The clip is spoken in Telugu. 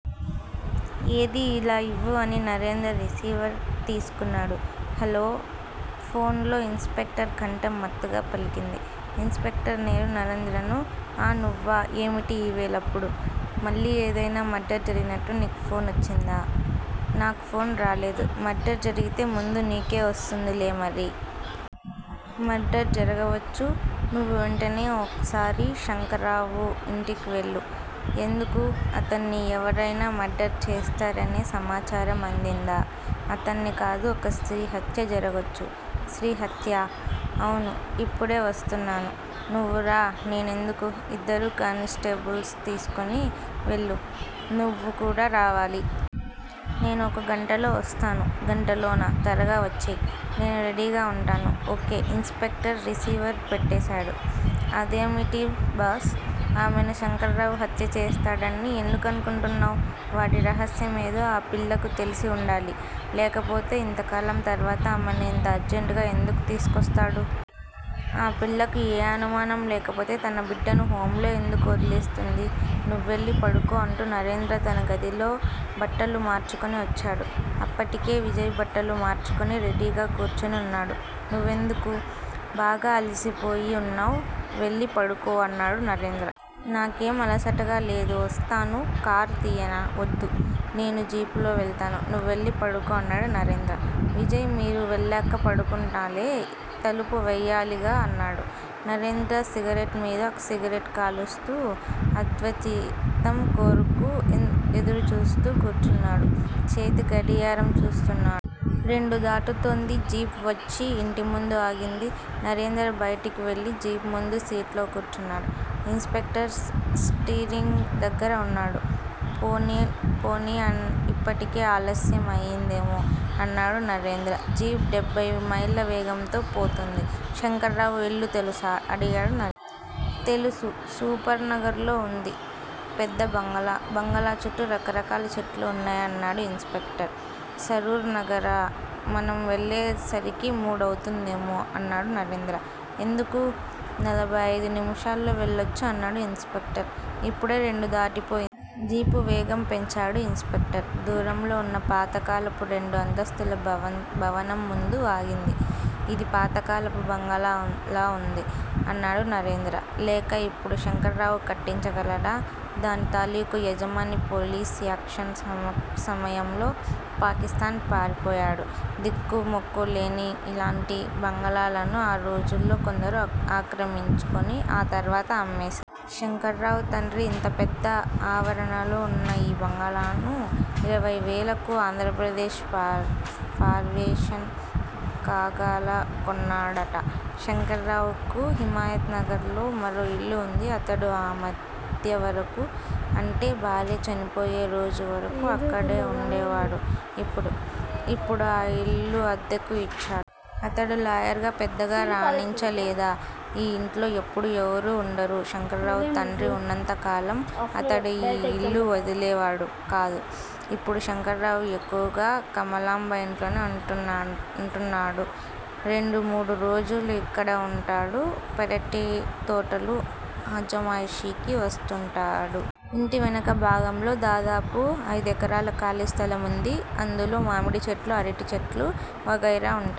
ఏదీ ఇలా ఇవ్వు అని నరేంద్ర రిసీవర్ తీసుకున్నాడు. హల్లో! ఫోన్ లో ఇన్స్‌పెక్టర్ కంఠం మత్తుగా పలికింది. ఇన్స్‌పెక్టర్ నేను నరేంద్రను. ఆ! నువ్వా? ఏమిటి ఈ వేళప్పుడు! మళ్ళీ ఏదైనా మర్డర్ జరిగినట్టు నీకు ఫోన్ వచ్చిందా? నాకు ఫోన్ రాలేదు. మర్డర్ జరిగితే ముందు నీకే వస్తుందిలే మరి! మర్డర్ జరగవచ్చు. నువ్వు వెంటనే ఓసారి శంకర్రావు ఇంటికి వెళ్లాలి. ఎందుకూ? అతడ్ని ఎవరైనా మర్డర్ చేస్తారనే సమాచారం అందిందా? అతడ్ని కాదు ఒక స్త్రీ హత్య జరగొచ్చు. స్త్రీ హత్యా? అవును. ఇప్పుడే వస్తున్నాను. నువ్వూరా! నేనెందుకూ? ఇద్దరు కానిస్టేబుల్స్ తీసుకొని వెళ్ళు! నువ్వు కూడా రావాలి. నేను ఒక గంటలో వస్తాను. గంటలోనా? త్వరగా వచ్చెయ్. నేను రెడీగా ఉంటాను. ఓకే. ఇన్స్‌పెక్టర్ రిసీవర్ పెట్టేశాడు. అదేమిటి బాస్? ఆమెను శంకర్రావు హత్యచేస్తాడని ఎందుకనుకుంటున్నావ్? వాడి రహస్యం ఏదో ఆ పిల్లకు తెలిసి ఉండాలి. లేకపోతే ఇంతకాలం తర్వాత ఆమెను ఇంత అర్జెంటుగా ఎందుకూ తీసుకొస్తాడు? ఆ పిల్లకు ఏ అనుమానం లేకపోతే తన బిడ్డను హోమ్ లో ఎందుకు వదిలేసి వస్తుంది? నువ్వెళ్ళి పడుకో అంటూ నరేంద్ర తనగదిలో బట్టలు మార్చుకొని వచ్చాడు. అప్పటికే విజయ్ బట్టలు మార్చుకొని రెడీగా కూర్చుని ఉన్నాడు. నువ్వెందుకు? బాగా అలిసిపోయి ఉన్నావ్. వెళ్ళి పడుకో అన్నాడు నరేంద్ర. నాకేం అలసటగా లేదు. వస్తాను. కారు తియ్యనా? వద్దు. నేను జీపులో వెళ్తాను. నువ్వెళ్ళి పడుకో అన్నాడు నరేంద్ర. విజయ్ మీరు వెళ్ళాక పడుకుంటాలే. తలుపు వెయ్యాలిగా అన్నాడు. నరేంద్ర సిగరెట్ మీద సిగరెట్ కాలుస్తూ అద్వయితం కొరకు ఎదురు చూస్తూ కూర్చున్నాడు. చేతి గడియారం చూసుకున్నాడు. రెండు దాటుతోంది. జీప్ వచ్చి ఇంటి ముందు ఆగింది. నరేంద్ర బయటకి వెళ్ళి జీప్ ముందు సీట్లో కూర్చున్నాడు. ఇన్స్‌పెక్టర్ స్టీరింగ్ దగ్గర ఉన్నాడు. పోనియ్ పొనియ్ ఇప్పటికే ఆలస్యం అయిందేమో! అన్నాడు నరేంద్ర. జీప్ డెబ్బై మైళ్ళ వేగంతో పోతుంది. శంకర్రావు ఇల్లు తెలుసా? అడిగాడు నరేంద్ర. తెలుసు. సపర్ నగర్ లో ఉంది. పెద్ద బంగళా. బంగళా చుట్టూ రకరకాల చెట్లు ఉన్నాయ్ అన్నాడు ఇన్స్‌పెక్టర్. సరూర్ నగరా? మనం వెళ్ళే సరికి మూడు అవుతుందేమో? అన్నాడు నరేంద్ర. ఎందుకూ? నలభై ఐదు నిముషాల్లో వెళ్ళొచ్చు అన్నాడు ఇన్స్‌పెక్టర్. ఇప్పుడే రెండు దాటిపోయింది. జీపు వేగం పెంచాడు ఇన్స్‌పెక్టర్. దూరంగా ఉన్న పాతకాలపు రెండు అంతస్తుల భవనం ముందు ఆగింది. ఇది పాతకాలపు బంగళాలా ఉంది? అన్నాడు నరేంద్ర. లేక ఇప్పుడు శంకర్రావు కట్టించగలడా? దాని తాలూకు యజమాని పోలీస్ యాక్షన్ సమయంలో పాకిస్తాన్ పారిపోయాడు. దిక్కు మొక్కూ లేని ఇలాంటి బంగళాలను ఆ రోజుల్లో కొందరు ఆక్రమించుకొని ఆ తర్వాత అమ్మేశారు. శంకర్రావు తండ్రి ఇంత పెద్ద ఆవరణలో ఉన్న ఈ బంగళాను ఇరవై వేలకు ఆంధ్రప్రదేశ్ ఫార్మేషన్ కాగాల కొన్నాడట. శంకర్రావుకు హిమాయత్ నగర్ లో మరో ఇల్లు ఉంది. అతడు ఆ మధ్యవరకు అంటే భార్య చనిపోయే రోజువరకు అక్కడే ఉండేవాడు. ఇప్పుడు? ఇప్పుడు ఆ ఇల్లు అద్దెకు ఇచ్చాడు. అతడు లాయర్ గా పెద్దగా రాణించలేదా? ఈ ఇంట్లో ఎప్పుడూ ఎవరూ ఉండరు. శంకర్రావు తండ్రి ఉన్నంత కాలం అతడు ఈ ఇళ్ళు వదిలేవాడు కాదు. ఇప్పుడు శంకర్రావు ఎక్కువగా కమలాంబ ఇంట్లోనే ఉంటు ఉంటుంటాడు. రెండు మూడు రోజులు ఇక్కడ ఉంటాడు. పెరటి తోటలు అజమాయిషీకి వస్తుంటాడు. ఇంటి వెనక భాగంలో దాదాపు ఐదెకరాల ఖాళీ స్థలం ఉంది. అందులో మామిడి చెట్లూ అరటి చెట్లూ వగైరా ఉంటాయి.